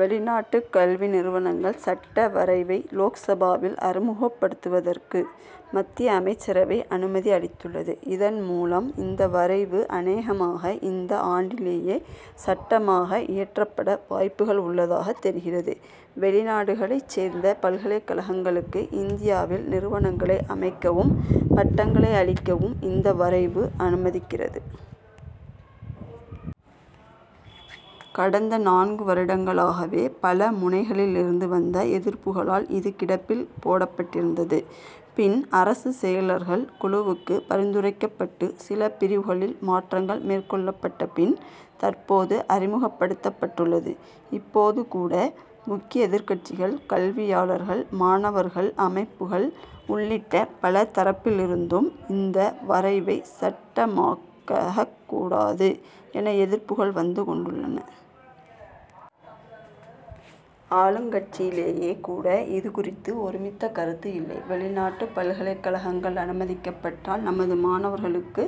வெளிநாட்டுக் கல்வி நிறுவனங்கள் சட்ட வரைவை லோக்சபாவில் அறிமுகப்படுத்துவதற்கு மத்திய அமைச்சரவை அனுமதி அளித்துள்ளது. இதன் மூலம் இந்த வரைவு அனேகமாக இந்த ஆண்டிலேயே சட்டமாக இயற்றப்பட வாய்ப்புகள் உள்ளதாக தெரிகிறது. வெளிநாடுகளைச் சேர்ந்த பல்கலைக் கழகங்களுக்கு, இந்தியாவில் நிறுவனங்களை அமைக்கவும், பட்டங்களை அளிக்கவும் இந்த வரைவு அனுமதிக்கிறது. கடந்த நான்கு வருடங்களாகவே, பல முனைகளிலிருந்து வந்த எதிர்ப்புகளால் இது கிடப்பில் போடப்பட்டிருந்தது. பின் அரசு செயலர்கள் குழுவுக்கு பரிந்துரைக்கப்பட்டு சில பிரிவுகளில் மாற்றங்கள் மேற்கொள்ளப்பட்ட பின், தற்போது அறிமுகப்படுத்தப் பட்டுள்ளது. இப்போது கூட, முக்கிய எதிர்கட்சிகள், கல்வியாளர்கள், மாணவர்கள் அமைப்புகள் உள்ளிட்ட பல தரப்பிலிருந்தும் இந்த வரைவை சட்டமாக்கக் கூடாது என எதிர்ப்புகள் வந்து கொண்டுள்ளன. ஆளுங்கட்சியிலேயே கூட இது குறித்து ஒருமித்த கருத்து இல்லை. வெளிநாட்டுப் பல்கலைக்கழகங்கள் அனுமதிக்கப்பட்டால் நமது மாணவர்களுக்கு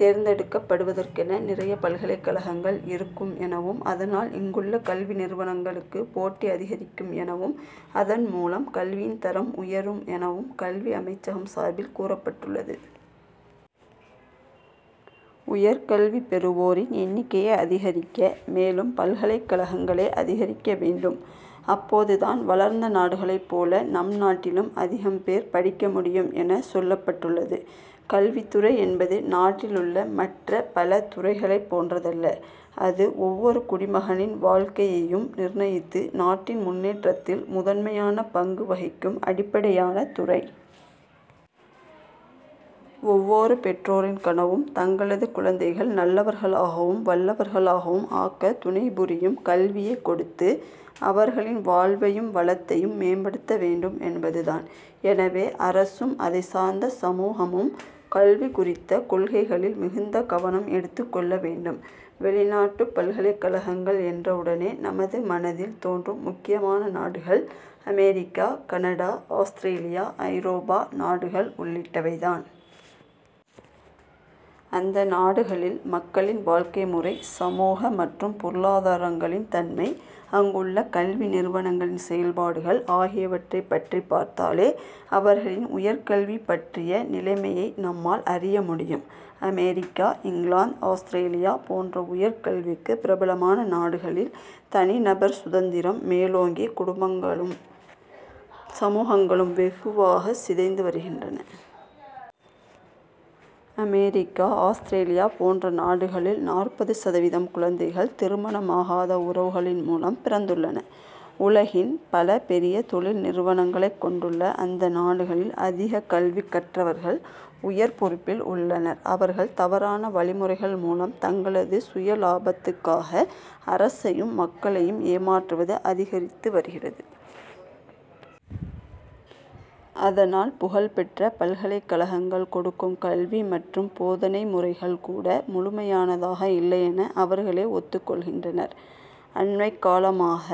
தேர்ந்தெடுக்கப் படுவதற்கென நிறைய பல்கலைக்கழகங்கள் இருக்கும் எனவும் அதனால் இங்குள்ள கல்வி நிறுவனங்களுக்கு, போட்டி அதிகரிக்கும் எனவும் அதன் மூலம் கல்வியின் தரம் உயரும் எனவும் கல்வி அமைச்சகம் சார்பில் கூறப்பட்டுள்ளது. உயர் கல்வி பெறுவோரின் எண்ணிக்கையை அதிகரிக்க மேலும் பல்கலைக்கழகங்களை அதிகரிக்க வேண்டும். அப்போது தான் வளர்ந்த நாடுகளைப் போல, நம் நாட்டிலும் அதிகம் பேர் படிக்க முடியும் என சொல்லப்பட்டுள்ளது. கல்வித்துறை என்பது நாட்டிலுள்ள மற்ற பல துறைகளைப் போன்றதல்ல. அது ஒவ்வொரு குடிமகனின் வாழ்க்கையையும் நிர்ணயித்து நாட்டின் முன்னேற்றத்தில் முதன்மையான பங்கு வகிக்கும் அடிப்படையான துறை. ஒவ்வொரு பெற்றோரின் கனவும், தங்களது குழந்தைகள் நல்லவர்களாகவும் வல்லவர்களாகவும் ஆக்க துணைபுரியும் கல்வியை கொடுத்து அவர்களின் வாழ்வையும் வளத்தையும் மேம்படுத்த வேண்டும் என்பதுதான். எனவே அரசும் அதைச்சார்ந்த சமூகமும், கல்வி குறித்த கொள்கைகளில் மிகுந்த கவனம் எடுத்துக் கொள்ள வேண்டும். வெளிநாட்டுப் பல்கலைக்கழகங்கள் என்றவுடனே நமது மனதில் தோன்றும் முக்கியமான நாடுகள் அமெரிக்கா, கனடா, ஆஸ்திரேலியா, ஐரோப்பா நாடுகள் உள்ளிட்டவைதான். அந்த நாடுகளில் மக்களின் வாழ்க்கை முறை, சமூக மற்றும் பொருளாதாரங்களின் தன்மை, அங்குள்ள கல்வி நிறுவனங்களின் செயல்பாடுகள் ஆகியவற்றை பற்றி பார்த்தாலே அவர்களின் உயர்கல்வி பற்றிய நிலைமையை நம்மால் அறிய முடியும். அமெரிக்கா, இங்கிலாந்து, ஆஸ்திரேலியா போன்ற உயர்கல்விக்கு பிரபலமான நாடுகளில் தனிநபர் சுதந்திரம் மேலோங்கி குடும்பங்களும், சமூகங்களும் வெகுவாக சிதைந்துவருகின்றன. அமெரிக்கா, ஆஸ்திரேலியா போன்ற நாடுகளில் நாற்பது சதவீதம் குழந்தைகள், திருமணமாகாத உறவுகளின் மூலம் பிறந்துள்ளன. உலகின் பல பெரிய தொழில் நிறுவனங்களைக் கொண்டுள்ள அந்த நாடுகளில் அதிக கல்வி கற்றவர்கள் உயர் பொறுப்பில் உள்ளனர். அவர்கள் தவறான வழிமுறைகள் மூலம் தங்களது சுயலாபத்துக்காக அரசையும், மக்களையும் ஏமாற்றுவது அதிகரித்து வருகிறது. அதனால் புகழ்பெற்ற பல்கலைக்கழகங்கள் கொடுக்கும் கல்வி மற்றும் போதனை முறைகள் கூட முழுமையானதாக இல்லையென அவர்களே ஒத்துக் கொள்கின்றனர். அண்மைக்காலமாக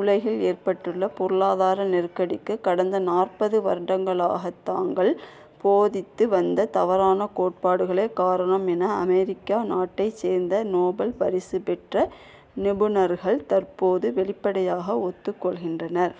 உலகில் ஏற்பட்டுள்ள பொருளாதார நெருக்கடிக்கு கடந்த நாற்பது வருடங்களாகத் தாங்கள் போதித்து வந்த தவறான கோட்பாடுகளே காரணம் என அமெரிக்கா நாட்டைச் சேர்ந்த நோபல் பரிசு பெற்ற, நிபுணர்கள் தற் போது வெளிப்படையாக ஒத்துக்கொள்கின்றனர்.